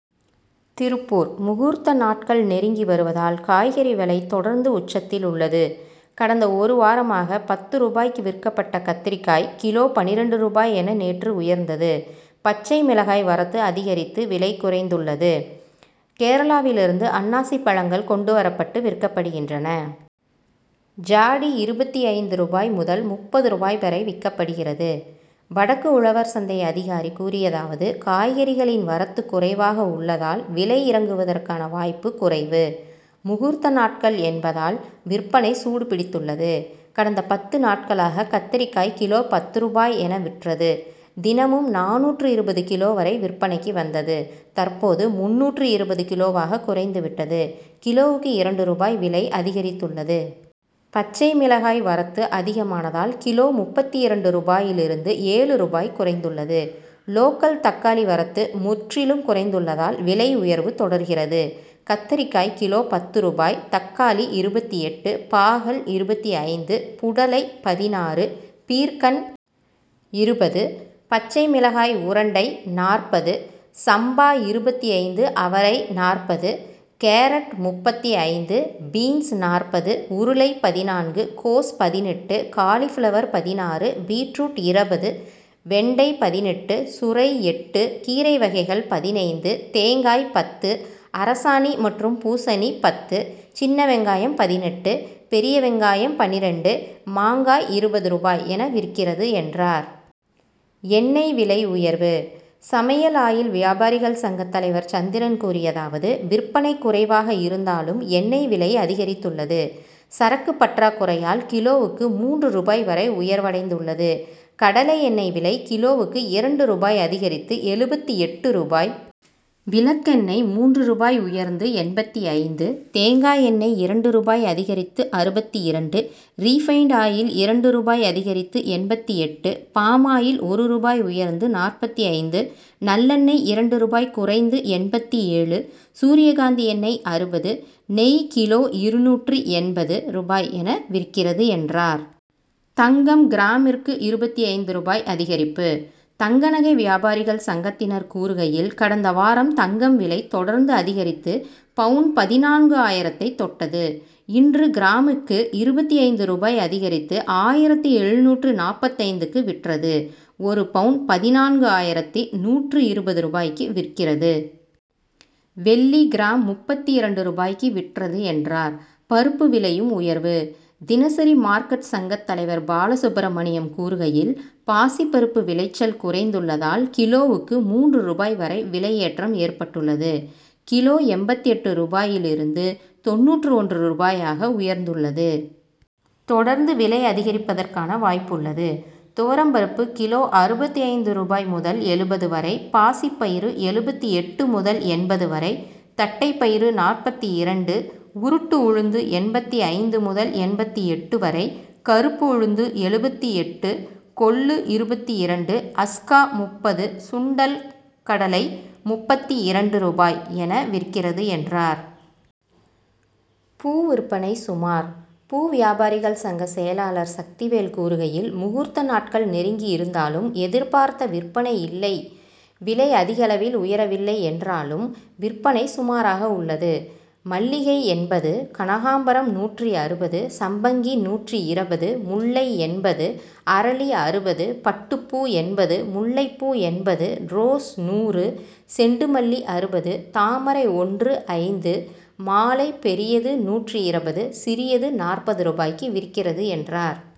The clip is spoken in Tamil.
திருப்பூர் முகூர்த்த நாட்கள் நெருங்கி வருவதால், காய்கறி விலை தொடர்ந்து உச்சத்தில் உள்ளது. கடந்த ஒரு வாரமாக, பத்து ரூபாய்க்கு விற்கப்பட்ட கத்தரிக்காய், கிலோ பன்னிரண்டு ரூபாய் என நேற்று உயர்ந்தது. பச்சை மிளகாய் வரத்து அதிகரித்து விலை குறைந்துள்ளது. கேரளாவில் இருந்து அன்னாச்சி பழங்கள் கொண்டு வரப்பட்டு விற்கப்படுகின்றன. ஜாடி இருபத்து ஐந்து ரூபாய் முதல் முப்பது ரூபாய் வரை விற்கப்படுகிறது. வடக்கு உழவர் சந்தை அதிகாரி கூறியதாவது காய்கறிகளின் வரத்து குறைவாக உள்ளதால், விலை இறங்குவதற்கான வாய்ப்பு குறைவு. முகூர்த்த நாட்கள் என்பதால், விற்பனை சூடுபிடித்துள்ளது. கடந்த பத்து நாட்களாக கத்தரிக்காய் கிலோ பத்து ரூபாய் என விற்றது தினமும் நானூற்று இருபது கிலோ வரை விற்பனைக்கு வந்தது தற்போது முன்னூற்று இருபது கிலோவாக குறைந்து விட்டது கிலோவுக்கு இரண்டு ரூபாய் விலை அதிகரித்துள்ளது. பச்சை மிளகாய் வரத்து அதிகமானதால், கிலோ முப்பத்து இரண்டு ரூபாயில் இருந்து ஏழு ரூபாய் குறைந்துள்ளது. லோக்கல் தக்காளி வரத்து முற்றிலும் குறைந்துள்ளதால், விலை உயர்வு தொடர்கிறது. கத்தரிக்காய் கிலோ பத்து ரூபாய் தக்காளி இருபத்து எட்டு பாகல் இருபத்து ஐந்து புடலை பதினாறு பீர்க்கன் இருபது பச்சை மிளகாய் உருண்டை நாற்பது, சம்பா இருபத்து ஐந்து அவரை நாற்பது கேரட் முப்பத்து ஐந்து பீன்ஸ் நாற்பது உருளை பதினான்கு கோஸ் பதினெட்டு காலிபிளவர் பதினாறு பீட்ரூட் இருபது வெண்டை பதினெட்டு சுரை எட்டு கீரை வகைகள் பதினைந்து தேங்காய் பத்து அரசாணி மற்றும் பூசணி பத்து சின்ன வெங்காயம் பதினெட்டு பெரிய வெங்காயம் பன்னிரண்டு மாங்காய் இருபது ரூபாய் என விற்கிறது, என்றார். எண்ணெய் விலை உயர்வு சமையல் ஆயில் வியாபாரிகள் சங்க தலைவர் சந்திரன் கூறியதாவது விற்பனை குறைவாக இருந்தாலும், எண்ணெய் விலை அதிகரித்துள்ளது. சரக்கு பற்றாக்குறையால், கிலோவுக்கு மூன்று ரூபாய் வரை உயர்வடைந்துள்ளது. கடலை எண்ணெய் விலை கிலோவுக்கு இரண்டு ரூபாய் அதிகரித்து எழுபத்து எட்டு ரூபாய் விளக்கெண்ணெய் மூன்று ரூபாய் உயர்ந்து எண்பத்தைந்து தேங்காய் எண்ணெய் இரண்டு ரூபாய் அதிகரித்து அறுபத்து இரண்டு ரீபன்ட் ஆயில் இரண்டு ரூபாய் அதிகரித்து எண்பத்து எட்டு பாமாயில் ஒரு ரூபாய் உயர்ந்து நாற்பத்து ஐந்து நல்லெண்ணெய் இரண்டு ரூபாய் குறைந்து எண்பத்து ஏழு சூரியகாந்தி எண்ணெய் அறுபது நெய் கிலோ இருநூற்று எண்பது ரூபாய் என விற்கிறது, என்றார். தங்கம் கிராமிற்கு இருபத்து ஐந்து ரூபாய் அதிகரிப்பு தங்க நகை வியாபாரிகள் சங்கத்தினர் கூறுகையில், கடந்த வாரம் தங்கம் விலை தொடர்ந்து அதிகரித்து, பவுன் பதினான்கு ஆயிரத்தை தொட்டது. இன்று கிராமிற்கு இருபத்து ஐந்து ரூபாய் அதிகரித்து, ஆயிரத்து எழுநூற்று நாற்பத்தைந்துக்கு விற்றது. ஒரு பவுன் பதினான்கு ஆயிரத்து நூற்று இருபது ரூபாய்க்கு விற்கிறது. வெள்ளி கிராம் முப்பத்து இரண்டு ரூபாய்க்கு விற்றது, என்றார். பருப்பு விலையும் உயர்வு தினசரி மார்க்கெட் சங்க தலைவர் பாலசுப்ரமணியம் கூறுகையில், பாசி பருப்பு விளைச்சல் குறைந்துள்ளதால், கிலோவுக்கு மூன்று ரூபாய் வரை விலையேற்றம் ஏற்பட்டுள்ளது. கிலோ எண்பத்து எட்டு ரூபாயில் இருந்து தொண்ணூற்று ஒன்று ரூபாயாக உயர்ந்துள்ளது. தொடர்ந்து விலை அதிகரிப்பதற்கான வாய்ப்புள்ளது. துவரம் பருப்பு கிலோ அறுபத்து ஐந்து ரூபாய் முதல் எழுபது வரை பாசி பயிறு எழுபத்து எட்டு முதல் எண்பது வரை தட்டை பயிறு நாற்பத்து இரண்டு உருட்டு உளுந்து எண்பத்து ஐந்து முதல் எண்பத்து எட்டு வரை கருப்பு உளுந்து எழுபத்து எட்டு கொள்ளு இருபத்து இரண்டு அஸ்கா முப்பது சுண்டல் கடலை முப்பத்து இரண்டு ரூபாய் என விற்கிறது, என்றார். பூ விற்பனை சுமார் பூ வியாபாரிகள் சங்க செயலாளர் சக்திவேல் கூறுகையில், முகூர்த்த நாட்கள் நெருங்கி இருந்தாலும், எதிர்பார்த்த விற்பனை இல்லை விலை அதிகளவில் உயரவில்லை என்றாலும், விற்பனை சுமாராக உள்ளது. மல்லிகை எண்பது கனகாம்பரம் நூற்று அறுபது சம்பங்கி நூற்று இருபது முல்லை எண்பது அரளி அறுபது பட்டுப்பூ எண்பது முல்லைப்பூ எண்பது ரோஸ் நூறு செண்டுமல்லி அறுபது தாமரை ஒன்று ஐந்து மாலை பெரியது நூற்று இருபது, சிறியது நாற்பது ரூபாய்க்கு விற்கிறது, என்றார்.